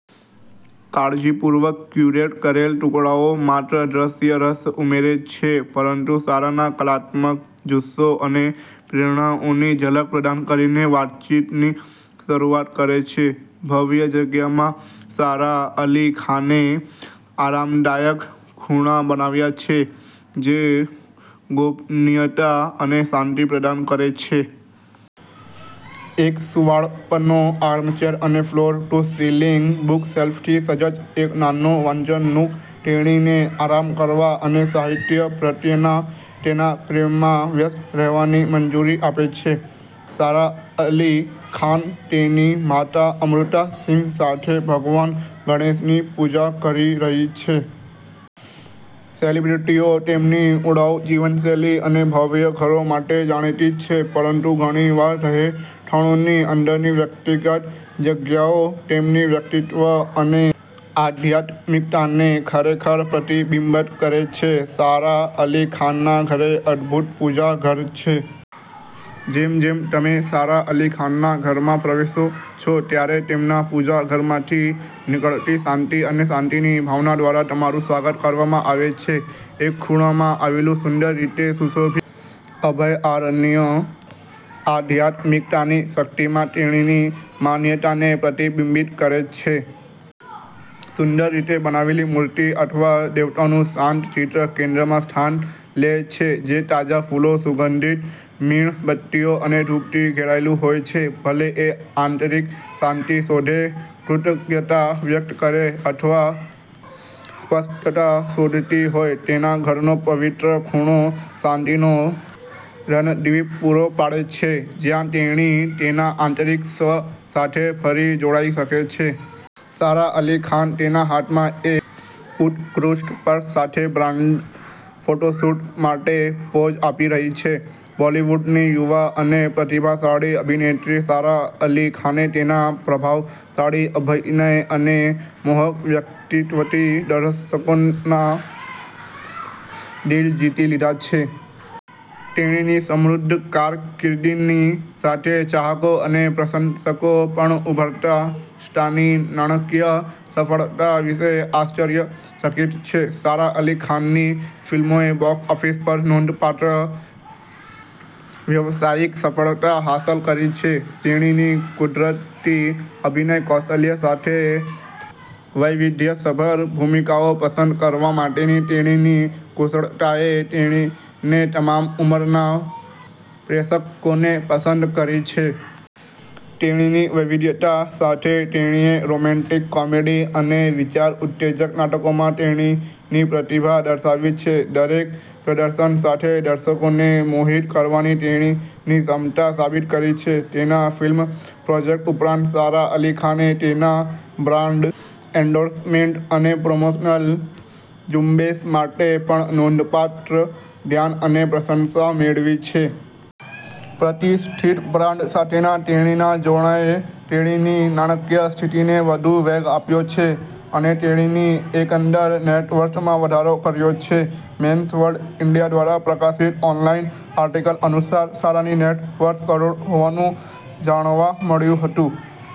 કાળજીપૂર્વક ક્યુરેટ કરેલ ટુકડાઓ માત્ર દ્રશ્ય રસ ઉમેરે છે પરંતુ સારાના કલાત્મક જુસ્સો અને પ્રેરણાઓની ઝલક પ્રદાન કરીને વાતચીતની શરૂઆત કરે છે. ભવ્ય જગ્યામાં સારા અલી ખાને આરામદાયક ખૂણા બનાવ્યા છે જે ગોપનીયતા અને શાંતિ પ્રદાન કરે છે. એક સુંવાળપનો આર્મચેર અને ફ્લોર-ટુ-સીલિંગ બુકશેલ્ફથી સજ્જ એક નાનો વાંચન નૂક, તેણીને આરામ કરવા અને સાહિત્ય પ્રત્યેના તેના પ્રેમમાં વ્યસ્ત રહેવાની મંજૂરી આપે છે. સારા અલી ખાન તેની માતા અમૃતા સિંહ સાથે ભગવાન ગણેશની પૂજા કરી રહી છે. સેલિબ્રિટીઓ તેમની ઉડાઉ જીવનશૈલી અને ભવ્ય ઘરો માટે જાણીતી છે પરંતુ ઘણી વાર રહેઠાણોની અંદરની વ્યક્તિગત જગ્યાઓ તેમની વ્યક્તિત્વ અને આધ્યાત્મિકતાને ખરેખર પ્રતિબિંબિત કરે છે. સારા અલી ખાનના ઘરે અદભૂત 'પૂજા ઘર' છે. જેમ જેમ તમે સારા અલી ખાનના ઘરમાં પ્રવેશો છો, ત્યારે તેમના 'પૂજા ઘર' માંથી નીકળતી શાંતિ અને શાંતિની ભાવના દ્વારા તમારું સ્વાગત કરવામાં આવે છે. એક ખૂણામાં આવેલું સુંદર રીતે સુશોભિત અભયારણ્ય આધ્યાત્મિકતાની શક્તિમાં તેણીની માન્યતાને પ્રતિબિંબિત કરે છે. સુંદર રીતે બનાવેલી મૂર્તિ અથવા દેવતાનું શાંત ચિત્ર કેન્દ્રમાં સ્થાન લે છે જે તાજા ફૂલો, સુગંધિત મીણબત્તીઓ અને ધૂપથી ઘેરાયેલું હોય છે. ભલે તે આંતરિક શાંતિ શોધે, કૃતજ્ઞતા વ્યક્ત કરે અથવા સ્પષ્ટતા શોધતી હોય, તેના ઘરનો પવિત્ર ખૂણો શાંતિનો રણદ્વીપ પૂરો પાડે છે જ્યાં તેણી તેના આંતરિક સ્વ સાથે ફરી જોડાઈ શકે છે. સારા અલી ખાન તેના હાથમાં એક ઉત્કૃષ્ટ પર્સ સાથે બ્રાન્ડ ફોટોશૂટ માટે પોઝ આપી રહી છે. બોલિવૂડની યુવા અને પ્રતિભાશાળી અભિનેત્રી સારા અલી ખાને તેના પ્રભાવશાળી અભિનય અને મોહક વ્યક્તિત્વથી દર્શકોના દિલ જીતી લીધા છે. તેણીની સમૃદ્ધ કારકિર્દીની સાથે ચાહકો અને પ્રશંસકો પણ ઉભરતા સ્ટારની નાણાકીય સફળતા વિશે આશ્ચર્યચકિત છે. સારા અલી ખાનની ફિલ્મોએ બોક્સ ઓફિસ પર નોંધપાત્ર વ્યવસાયિક સફળતા હાંસલ કરી છે. તેણીની કુદરતી અભિનય કૌશલ્ય સાથે વૈવિધ્યસભર ભૂમિકાઓ પસંદ કરવા માટેની તેણીની કુશળતાએ તેણીને તમામ ઉંમરના પ્રેક્ષકોને પસંદ કરી છે. તેણીની વૈવિધ્યતા સાથે તેણીએ રોમેન્ટિક કોમેડી અને વિચાર ઉત્તેજક નાટકોમાં તેણીની પ્રતિભા દર્શાવી છે. દરેક પ્રદર્શન સાથે દર્શકોને મોહિત કરવાની તેણીની ક્ષમતા સાબિત કરી છે. તેના ફિલ્મ પ્રોજેક્ટ્સ ઉપરાંત, સારા અલી ખાને તેના બ્રાન્ડ એન્ડોર્સમેન્ટ્સ અને પ્રમોશનલ ઝુંબેશ માટે પણ નોંધપાત્ર ધ્યાન અને પ્રશંસા મેળવી છે. પ્રતિષ્ઠિત બ્રાન્ડ્સ સાથેના તેણીના જોડાણે તેણીની નાણાકીય સ્થિતિને વધુ વેગ આપ્યો છે અને તેણીની એકંદર નેટવર્થમાં વધારો કર્યો છે. 'મેન્સ વર્લ્ડ ઈન્ડિયા' દ્વારા પ્રકાશિત ઓનલાઈન આર્ટિકલ અનુસાર, સારાની નેટવર્થ કરોડ હોવાનું જાણવા મળ્યું હતું.